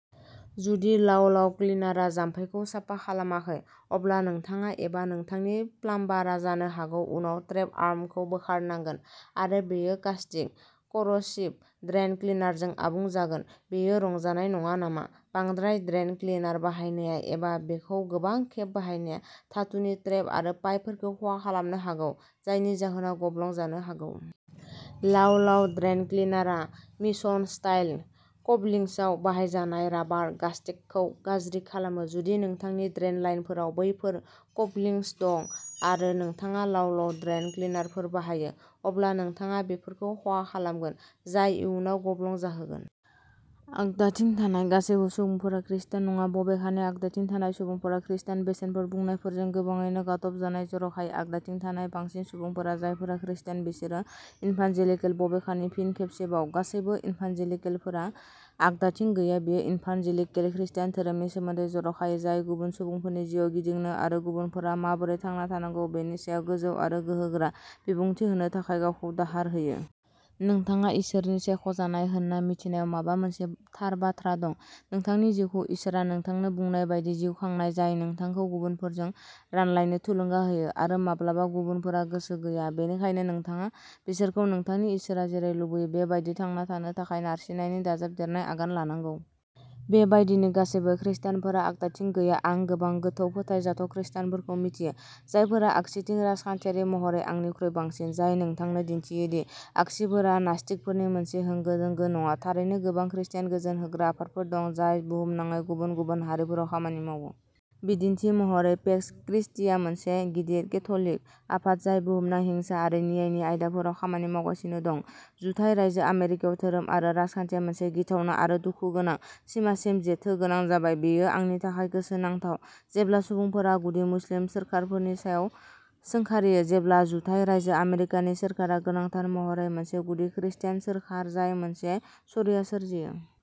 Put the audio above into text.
जुदि लाव-लाव क्लिनारा जामफैखौ साफा खालामाखै, अब्ला नोंथाङा एबा नोंथांनि प्लाम्बारा जानो हागौ उनाव ट्रेप आर्मखौ बोखारनांगोन आरो बेयो कास्टिक कर'सिभ ड्रेइन क्लिनारजों आबुं जागोन। बेयो रंजानाय नङा नामा? बांद्राय ड्रेइन क्लिनार बाहायनाया, एबा बेखौ गोबां खेब बाहायनाया, धातुनि ट्रेप आरो पाइपफोरखौ खहा खालामनो हागौ, जायनि जाहोनाव गब्लं जानो हागौ। लाव-लाव ड्रेइन क्लिनारआ "मिशन" स्टाइल कपलिंग्सआव बाहायजानाय राबार गास्केटखौ गाज्रि खालामो। जुदि नोंथांनि ड्रेइन लाइनफोराव बैफोर कपलिंग्स दं आरो नोंथाङा लाव-लाव ड्रेइन क्लिनारफोर बाहायो, अब्ला नोंथाङा बेफोरखौ खहा खालामगोन, जाय इयुनाव गब्लं जाहोगोन। आगदाथिं थानाय गासैबो सुबुंफोरा खृस्टान नङा, बबेखानि आगदाथिं थानाय सुबुंफोरा "खृस्टान बेसेनफोर" बुंनायफोरजों गोबाङैनो गादबजानाय। जर'खायै, आगदाथिं थानाय बांसिन सुबुंफोरा जायफोरा खृस्टान, बिसोरो इभान्जेलिकेल, बबेखानि फिन खेबसेबाव गासैबो इभान्जेलिकेलफोरा आगदाथिं गैया। बेयो इभान्जेलिकेल खृस्टान धोरोमनि सोमोन्दै, जर'खायै, जाय गुबुन सुबुंफोरनि जिउआव गिदिंनो आरो गुबुनफोरा माबोरै थांना थानांगौ बेनि सायाव गोजौ आरो गोहोगोरा बिबुंथि होनो थाखाय गावखौ दाहार होयो। नोंथाङा इसोरनि सायख'जानाय होन्ना मिथिनायाव माबा मोनसे थार बाथ्रा दं, नोंथांनि जिउखौ इसोरआ नोंथांनो बुंनाय बायदि जिउ खांनाय, जाय नोंथांखौ गुबुनफोरजों रानलायनो थुलुंगा होयो। आरो माब्लाबा गुबुनफोरा गोसो गैया, बेनिखायनो नोंथाङा बिसोरखौ नोंथांनि इसोरआ जेरै लुबैयो बे बायदि थांना थानो थाखाय नारसिननायनि दाजाबदेरनाय आगान लानांगौ। बेबायदिनो, गासैबो खृस्टानफोरा आगदाथिं गैया। आं गोबां गोथौ फोथायजाथाव खृस्टानफोरखौ मिथियो जायफोरा आगसिथिं, राजखान्थियारि महरै, आंनिख्रुइ बांसिन। जाय नोंथांनो दिन्थियो दि आगसिफोरा नास्तिकफोरनि मोनसे होंगो-दोंगो नङा। थारैनो, गोबां खृस्टान गोजोन होग्रा आफादफोर दं जाय बुहुमनाङै गुबुन-गुबुन हारिफोराव खामानि मावो। बिदिन्थि महरै, पेक्स क्रिस्टीआ मोनसे गिदिर केथ'लिक आफाद जाय बुहुमनां हिंसा आरो न्यायनि आयदाफोराव खामानि मावगासिनो दं। जुथाइ रायजो आमेरिकायाव धोरोम आरो राजखान्थिया मोनसे गिथावना आरो दुखुगोनां सिमासिम जेथोगोनां जाबाय। बेयो आंनि थाखाय गोसोनांथाव जेब्ला सुबुंफोरा गुदि मुस्लिम सोरखारफोरनि सायाव सोंखारियो जेब्ला जुथाइ रायजो आमेरिकानि सोरखारा गोनांथार महरै मोनसे गुदि खृस्टान सोरखार, जाय मोनसे शरिया सोरजियो।